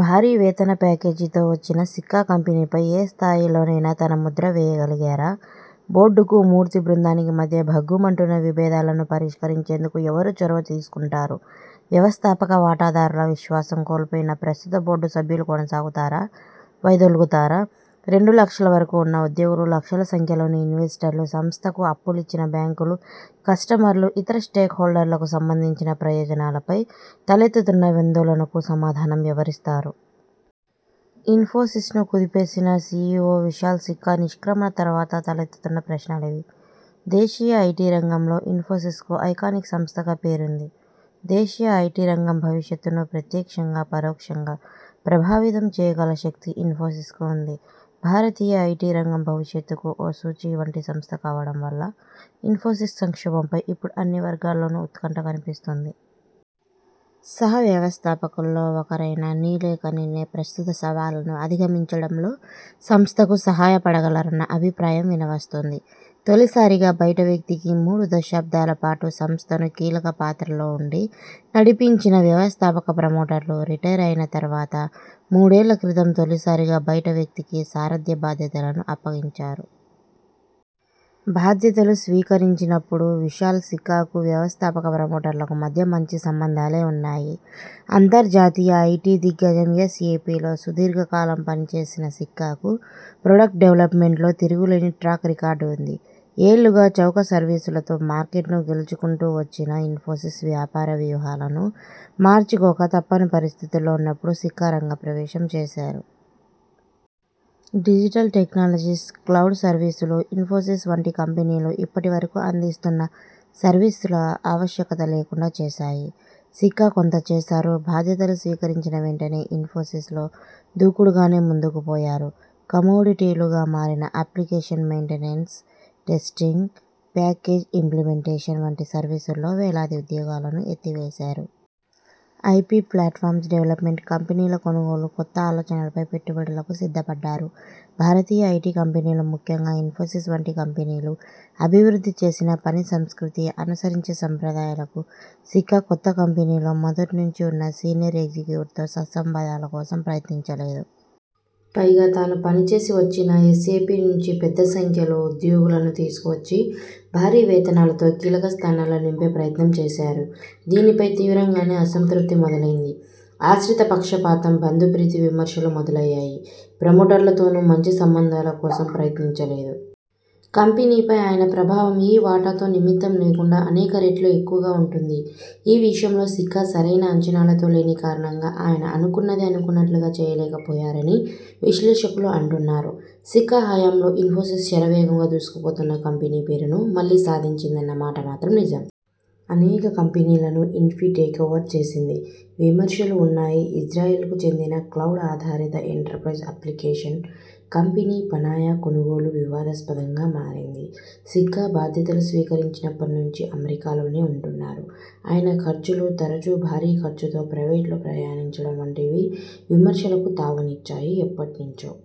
భారీ వేతన ప్యాకేజీతో వచ్చిన సిక్కా కంపెనీపై ఏ స్థాయిలోనైనా తన ముద్ర వేయ గలిగారా? బోర్డుకు, మూర్తి బృందానికి మధ్య భగ్గుమంటున్న విభేదాలను పరిష్కరించేందుకు ఎవరు చొరవ తీసుకుంటారు? వ్యవస్థాపక వాటాదారుల విశ్వాసం కోల్పోయిన ప్రస్తు త బోర్డు సభ్యులు కొనసాగుతారా, వైదొలుగుతారా? రెండు లక్షల వరకు ఉన్న ఉద్యోగులు, లక్షల సంఖ్యలోని ఇన్వెస్టర్లు, సంస్థకు అప్పులిచ్చిన బ్యాంకులు, కస్టమర్లు, ఇతర స్టేక్ హోల్డర్లకు సంబంధించిన ప్రయోజనాలపై తలెత్తుతున్న ఆందోళనకు సమాధానం ఎవరిస్తారు? ఇన్ఫోసిస్ను కుదిపేసిన సిఇఒ విశాల్ సిక్కా నిష్క్రమణ తర్వాత తలెత్తుతున్న ప్రశ్నలివి. దేశీయ ఐటి రంగంలో ఇన్ఫోసిస్కు ఐకానిక్ సంస్థగా పేరుంది. దేశీయ ఐటి రంగం భవిష్యత్తును ప్రత్యక్షంగా, పరోక్షంగా ప్రభావితం చేయగల శక్తి ఇన్ఫోసిస్ కు ఉంది. భారతీయ ఐటి రంగం భవిష్యత్తుకు ఒక సూచీ వంటి సంస్థ కావడం వల్ల ఇన్ఫోసిస్ సంక్షోభంపై ఇప్పుడు అన్ని వర్గాల్లోనూ ఉత్కంఠ కనిపిస్తోంది. సహ వ్యవస్థాపకుల్లో ఒకరైన నీలేకనినే ప్రస్తుత సవాళ్లను అధిగమించడంలో సంస్థకు సహాయ పడగలరన్న అభిప్రాయం వినవస్తోంది. తొలిసారిగా బయటవ్యక్తికి మూడు దశాబ్దాల పాటు సంస్థను కీలక పాత్రల్లో ఉండి నడిపించిన వ్యవస్థాపక ప్రమోటర్లు రిటైర్ అయిన తర్వాత, మూడేళ్ల క్రితం తొలిసారిగా బయట వ్యక్తికి సారథ్య బాధ్యతలను అప్పగించారు. బాధ్యతలు స్వీకరించినప్పుడు విశాల్ సిక్కాకు, వ్యవస్థాపక ప్రమోటర్లకు మధ్య మంచి సంబంధాలే ఉన్నాయి. అంతర్జాతీయ ఐటి దిగ్గజం ఎస్ఎపిలో సుదీర్ఘకాలం పనిచేసిన సిక్కాకు ప్రొడక్ట్ డెవల్పమెంట్లో తిరుగులేని ట్రాక్ రికార్డ్ ఉంది. ఏళ్లుగా చౌక సర్వీసులతో మార్కెట్ను గెలుచుకుంటూ వచ్చిన ఇన్ఫోసిస్ వ్యాపార వ్యూహాలను మార్చుకోక తప్పని పరిస్థితుల్లో ఉన్నప్పుడు సిక్కా రంగ ప్రవేశం చేశారు. డిజిటల్ టెక్నాలజీస్, క్లౌడ్ సర్వీసులు ఇన్ఫోసిస్ వంటి కంపెనీలు ఇప్పటి వరకు అందిస్తున్న సర్వీసుల ఆవశ్యకత లేకుండా చేశాయి. సిక్కా కొంత చేశారు.. బాధ్యతలు స్వీకరించిన వెంటనే ఇన్ఫోసి్సలో దూకుడుగానే ముందుకు పోయారు. కమోడిటీలుగా మారిన application maintenance, testing, package implementation వంటి సర్వీసుల్లో వేలాది ఉద్యోగాలను ఎత్తివేశారు. ఐపి ప్లాట్ఫామ్స్ డెవల్పమెంట్, కంపెనీల కొనుగోలు, కొత్త ఆలోచనలపై పెట్టుబడులకు సిద్ధపడ్డారు. భారతీయ ఐటి కంపెనీలు ముఖ్యంగా ఇన్ఫోసిస్ వంటి కంపెనీలు అభివృద్ధి చేసిన పని సంస్కృతి, అనుసరించే సంప్రదాయాలకు సిక్కా కొత్త. కంపెనీలో మొదటి నుంచీ ఉన్న సీనియర్ ఎగ్జిక్యూటివ్స్తో సత్సంబంధాల కోసం ప్రయత్నించలేదు. పైగా తాను పనిచేసి వచ్చిన ఎస్ఎపి నుంచి పెద్ద సంఖ్యలో ఉద్యోగులను తీసుకు వచ్చి భారీ వేతనాలతో కీలక స్థానాల్లో నింపే ప్రయత్నం చేశారు. దీనిపై తీవ్రంగానే అసంతృప్తి మొదలైంది. ఆశ్రిత పక్షపాతం, బంధు ప్రీతి విమర్శలు మొదలయ్యాయి. ప్రమోటర్ల తోనూ మంచి సంబంధాల కోసం ప్రయత్నించలేదు. కంపెనీపై ఆయన ప్రభావం ఈ వాటాతో నిమిత్తం లేకుండా అనేక రెట్లు ఎక్కువగా ఉంటుంది. ఈ విషయంలో సిక్కా సరైన అంచనాలతో లేని కారణంగా ఆయన అనుకున్నది అనుకున్నట్టుగా చేయలేక పోయారని విశ్లేషకులు అంటున్నారు. సిక్కా హయాంలో ఇన్ఫోసిస్ శరవేగంగా దూసుకుపోతున్న కంపెనీ పేరును మళ్లీ సాధించిందన్న మాట మాత్రం నిజం. అనేక కంపెనీలను ఇన్ఫీ టేకోవర్ చేసింది. విమర్శలూ ఉన్నాయి ఇజ్రాయెల్కు చెందిన క్లౌడ్ ఆధారిత ఎంటర్ప్రైజ్ అప్లికేషన్ కంపెనీ పనయా కొనుగోలు వివాదాస్పదంగా మారింది. సిక్కా బాధ్యతలు స్వీకరించినప్పటి నుంచి అమెరికాలోనే ఉంటున్నారు. ఆయన ఖర్చులు, తరుచూ భారీ ఖర్చుతో ప్రైవేట్ లో ప్రయాణించడం వంటివి విమర్శలకు తావునిచ్చాయి. ఎప్పటి నుంచో